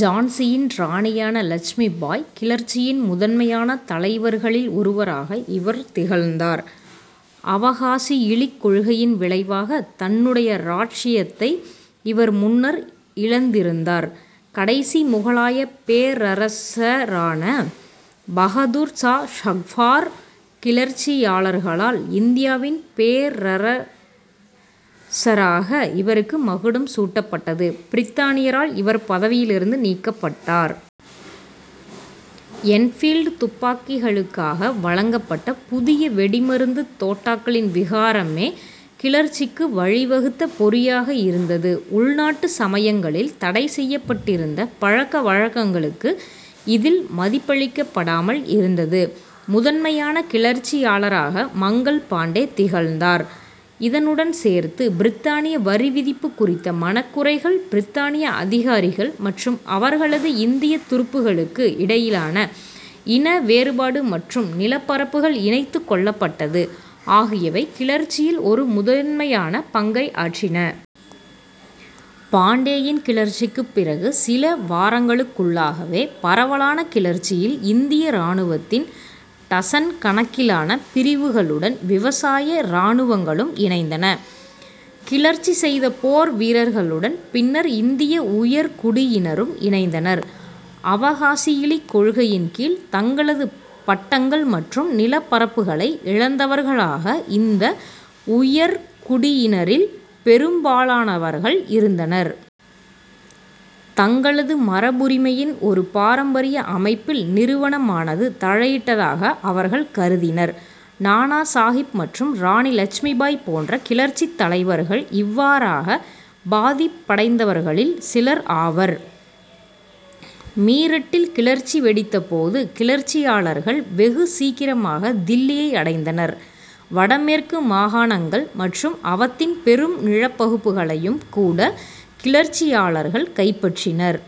ஜான்சியின் இராணியான இலட்சுமிபாய். கிளர்ச்சியின் முதன்மையான தலைவர்களில் ஒருவராக இவர் திகழ்ந்தார். அவகாசியிலிக் கொள்கையின் விளைவாக தன்னுடைய இராச்சியத்தை இவர் முன்னர் இழந்திருந்தார். கடைசி முகலாயப் பேரரசரான பகதூர் சா சஃபார். கிளர்ச்சியாளர்களால் இந்தியாவின் பேரரசராக இவருக்கு மகுடம் சூட்டப்பட்டது. பிரித்தனியரால் இவர் பதவியிலிருந்து நீக்கப்பட்டார். என்பீல்டு துப்பாக்கிகளுக்காக வழங்கப்பட்ட புதிய வெடிமருந்துத் தோட்டாக்களின் விவகாரமே கிளர்ச்சிக்கு வழி வகுத்த பொறியாக இருந்தது. உள்நாட்டு சமயங்களில் தடை செய்யப்பட்டிருந்த பழக்க வழக்கங்களுக்கு இதில் மதிப்பளிக்கப்படாமல் இருந்தது. முதன்மையான கிளர்ச்சியாளராக மங்கள் பாண்டே திகழ்ந்தார். இதனுடன் சேர்த்து பிரித்தானிய வரி விதிப்பு குறித்த மனக்குறைகள், பிரித்தானிய அதிகாரிகள் மற்றும் அவர்களது இந்தியத் துருப்புக்களுக்கு இடையிலான இன வேறுபாடு மற்றும் நிலப்பரப்புகள் இணைத்துக் கொள்ளப்பட்டது ஆகியவை கிளர்ச்சியில் ஒரு முதன்மையான பங்கை ஆற்றின. பாண்டேயின் கிளர்ச்சிக்குப் பிறகு சில வாரங்களுக்குள்ளாகவே பரவலான கிளர்ச்சியில் இந்திய இராணுவத்தின் டசன் கணக்கிலான பிரிவுகளுடன், விவசாய இராணுவங்களும் இணைந்தன. கிளர்ச்சி செய்த போர் வீரர்களுடன் பின்னர் இந்திய உயர்குடியினரும் இணைந்தனர். அவகாசியிலிக் கொள்கையின் கீழ் தங்களது பட்டங்கள் மற்றும் நிலப்பரப்புகளை இழந்தவர்களாக இந்த உயர்குடியினரில் பெரும்பாலானவர்கள் இருந்தனர். தங்களது மரபுரிமையின் ஒரு பாரம்பரிய அமைப்பில் நிறுவனமானது தலையிட்டதாக அவர்கள் கருதினர். நானா சாகிப் மற்றும் இராணி இலட்சுமிபாய் போன்ற கிளர்ச்சித் தலைவர்கள் இவ்வாறாக பாதிப்படைந்தவர்களில் சிலர் ஆவர்.। மீரட்டில் கிளர்ச்சி வெடித்த போது கிளர்ச்சியாளர்கள் வெகு சீக்கிரமாக தில்லியை அடைந்தனர். வடமேற்கு மாகாணங்கள் மற்றும் அவத்தின் பெரும் நிலப்பகுப்புகளையும் கூட கிளர்ச்சியாளர்கள் கைப்பற்றினர்.